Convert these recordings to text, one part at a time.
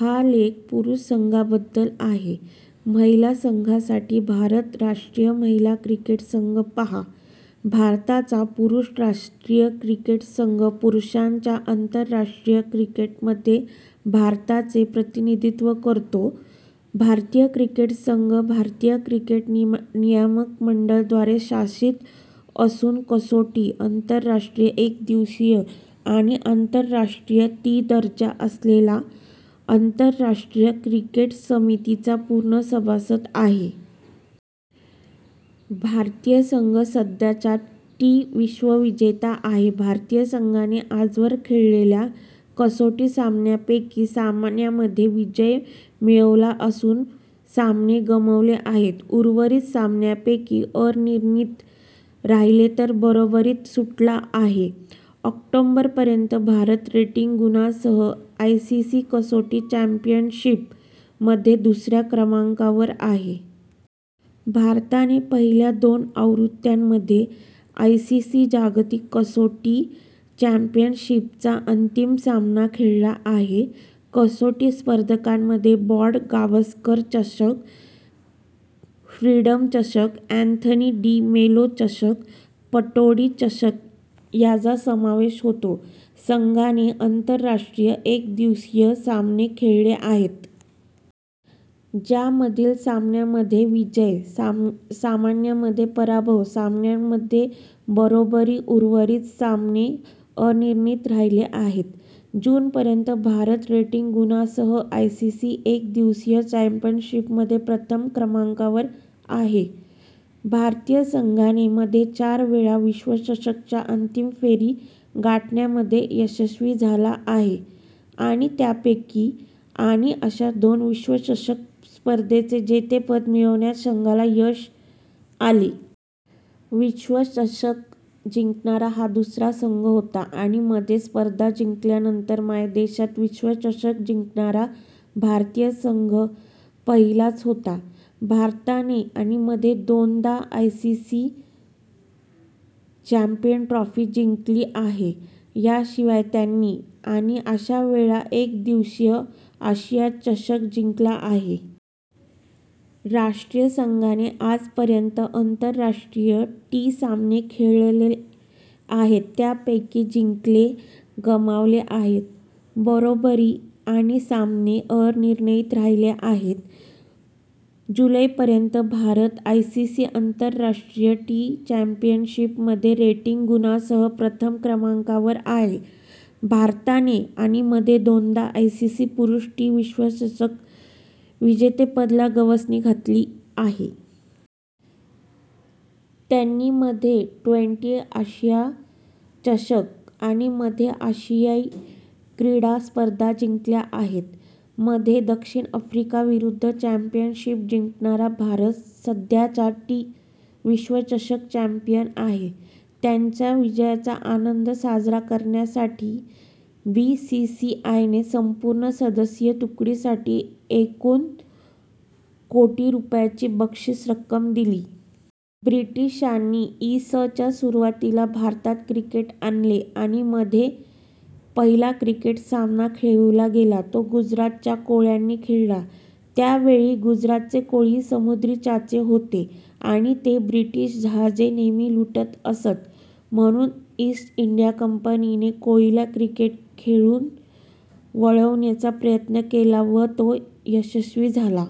हा लेख पुरुष संघाबद्दल आहे. महिला संघासाठी, भारत राष्ट्रीय महिला क्रिकेट संघ पहा. भारताचा पुरुष राष्ट्रीय क्रिकेट संघ पुरुषांच्या आंतरराष्ट्रीय क्रिकेटमध्ये भारताचे प्रतिनिधित्व करतो. भारतीय क्रिकेट संघ भारतीय क्रिकेट नियामक मंडळ द्वारे शासित असून कसोटी, आंतरराष्ट्रीय एकदिवसीय आणि आंतरराष्ट्रीय टी दर्जा असलेला आंतरराष्ट्रीय क्रिकेट समितीचा पूर्ण सभासद आहे. भारतीय संघ सध्याचा टी विश्वविजेता आहे. भारतीय संघाने आजवर खेळलेल्या कसोटी सामन्यांपैकी सामन्यांमध्ये विजय मिळवला असून सामने गमावले आहेत. उर्वरित सामन्यांपैकी अनिर्णित राहिले तर बरोबरीत सुटला आहे. ऑक्टोबर पर्यंत, भारत रेटिंग गुणांसह आयसीसी कसोटी चॅम्पियनशिप मध्ये दुसऱ्या क्रमांकावर आहे. भारताने पहिल्या दोन आवृत्त्यांमध्ये आयसीसी जागतिक कसोटी चॅम्पियनशिप चा अंतिम सामना खेळला आहे. कसोटी स्पर्धांमध्ये बॉर्डर-गावस्कर चषक, फ्रीडम चषक, अँथनी डि मेलो चषक आणि पतौडी चषक यांचा समावेश होतो. संघाने आंतरराष्ट्रीय एकदिवसीय सामने खेळले आहेत. ज्यामधील सामन्यांमध्ये विजय, सामन्यांमध्ये पराभव, सामन्यांमध्ये बरोबरी उर्वरित सामने अनिर्णित राहिले आहेत. जून पर्यंत, भारत रेटिंग गुणांसह आयसीसी एकदिवसीय चॅम्पियनशिपमध्ये प्रथम क्रमांकावर आहे. भारतीय संघाने,,, मध्ये चार वेळा विश्वचषका च्या अंतिम फेरी गाठण्यामध्ये यशस्वी झाला आहे आणि त्यापैकी आणि अशा दोनदा विश्वचषक स्पर्धेचे जेतेपद मिळविण्यात संघाला यश आले. विश्वचषक जिंकणारा हा दुसरा संघ होता आणि मध्ये स्पर्धा जिंकल्यानंतर मायदेशात विश्वचषक जिंकणारा भारतीय संघ पहिलाच होता. भारताने आणि मध्ये दोनदा आयसीसी चॅम्पियन्स ट्रॉफी जिंकली आहे. याशिवाय, त्यांनी,, -,,, आणि अशा वेळा एकदिवसीय आशिया चषक जिंकला आहे. राष्ट्रीय संघाने आजपर्यंत आंतरराष्ट्रीय टी सामने खेळले आहेत. त्यापैकी जिंकले, गमावले आहेत, बरोबरी आणि सामने अनिर्णित राहिले आहेत. जूलै पर्यंत, भारत आयसीसी आंतरराष्ट्रीय टी चॅम्पियनशिपमध्ये रेटिंग गुणांसह प्रथम क्रमांकावर आहे. भारताने आणि मध्ये दोनदा आयसीसी पुरुष टी विश्वचषक विजेतेपदाला गवसणी घातली आहे. त्यांनी मध्ये ट्वेंटी आशिया चषक आणि मध्ये आशियाई क्रीडा स्पर्धा जिंकल्या आहेत. मध्ये दक्षिण आफ्रिकेविरुद्ध चॅम्पियनशिप जिंकणारा भारत सध्याचा टी विश्वचषक चॅम्पियन आहे. त्यांच्या विजयाचा आनंद साजरा करण्यासाठी, बीसीसीआयने संपूर्ण सदस्यीय तुकडीसाठी एकूण कोटी रुपयांची बक्षीस रक्कम दिली. ब्रिटिशांनी इ. स. च्या सुरुवातीला भारतात क्रिकेट आणले आणि मध्ये पहिला क्रिकेट सामना खेळविला गेला. तो गुजरातच्या कोळ्यांनी खेळला. त्यावेळी गुजरातचे कोळी समुद्री चाचे होते आणि ते ब्रिटीश जहाजे नेहमी लुटत असत म्हणून ईस्ट इंडिया कंपनी ने कोळींना क्रिकेट खेळून वळविण्याचा प्रयत्न केला आणि तो यशस्वी झाला.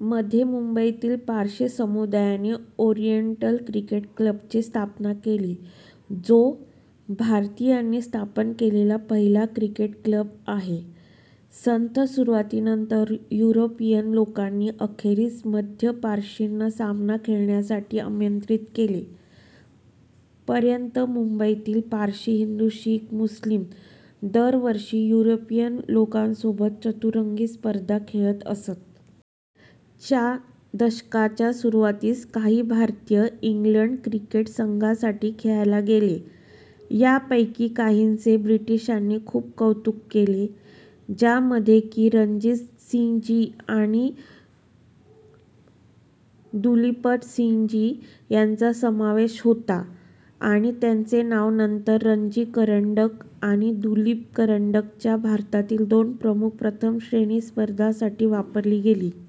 मध्ये, मुंबईतील पारशी समुदायाने ओरिएंटल क्रिकेट क्लबची स्थापना केली, जो भारतीयांनी स्थापन केलेला पहिला क्रिकेट क्लब आहे. संथ सुरुवातीनंतर, युरोपियन लोकांनी अखेरीस मध्ये पारशींना सामना खेळण्यासाठी आमंत्रित केले. पर्यंत, मुंबईतील पारशी, हिंदू, शीख आणि मुस्लिम दरवर्षी युरोपियन लोकांसोबत चतुरंगी स्पर्धा खेळत असत. च्या दशकाच्या सुरुवातीस, काही भारतीय इंग्लंड क्रिकेट संघासाठी खेळायला गेले. यापैकी काहींचे ब्रिटीशांनी खूप कौतुक केले, ज्यामध्ये की रणजितसिंहजी आणि दुलीपसिंहजी यांचा समावेश होता आणि त्यांची नावे नंतर रणजी करंडक आणि दुलीप करंडक ह्या भारतातील दोन प्रमुख प्रथम श्रेणी स्पर्धांसाठी वापरली गेली.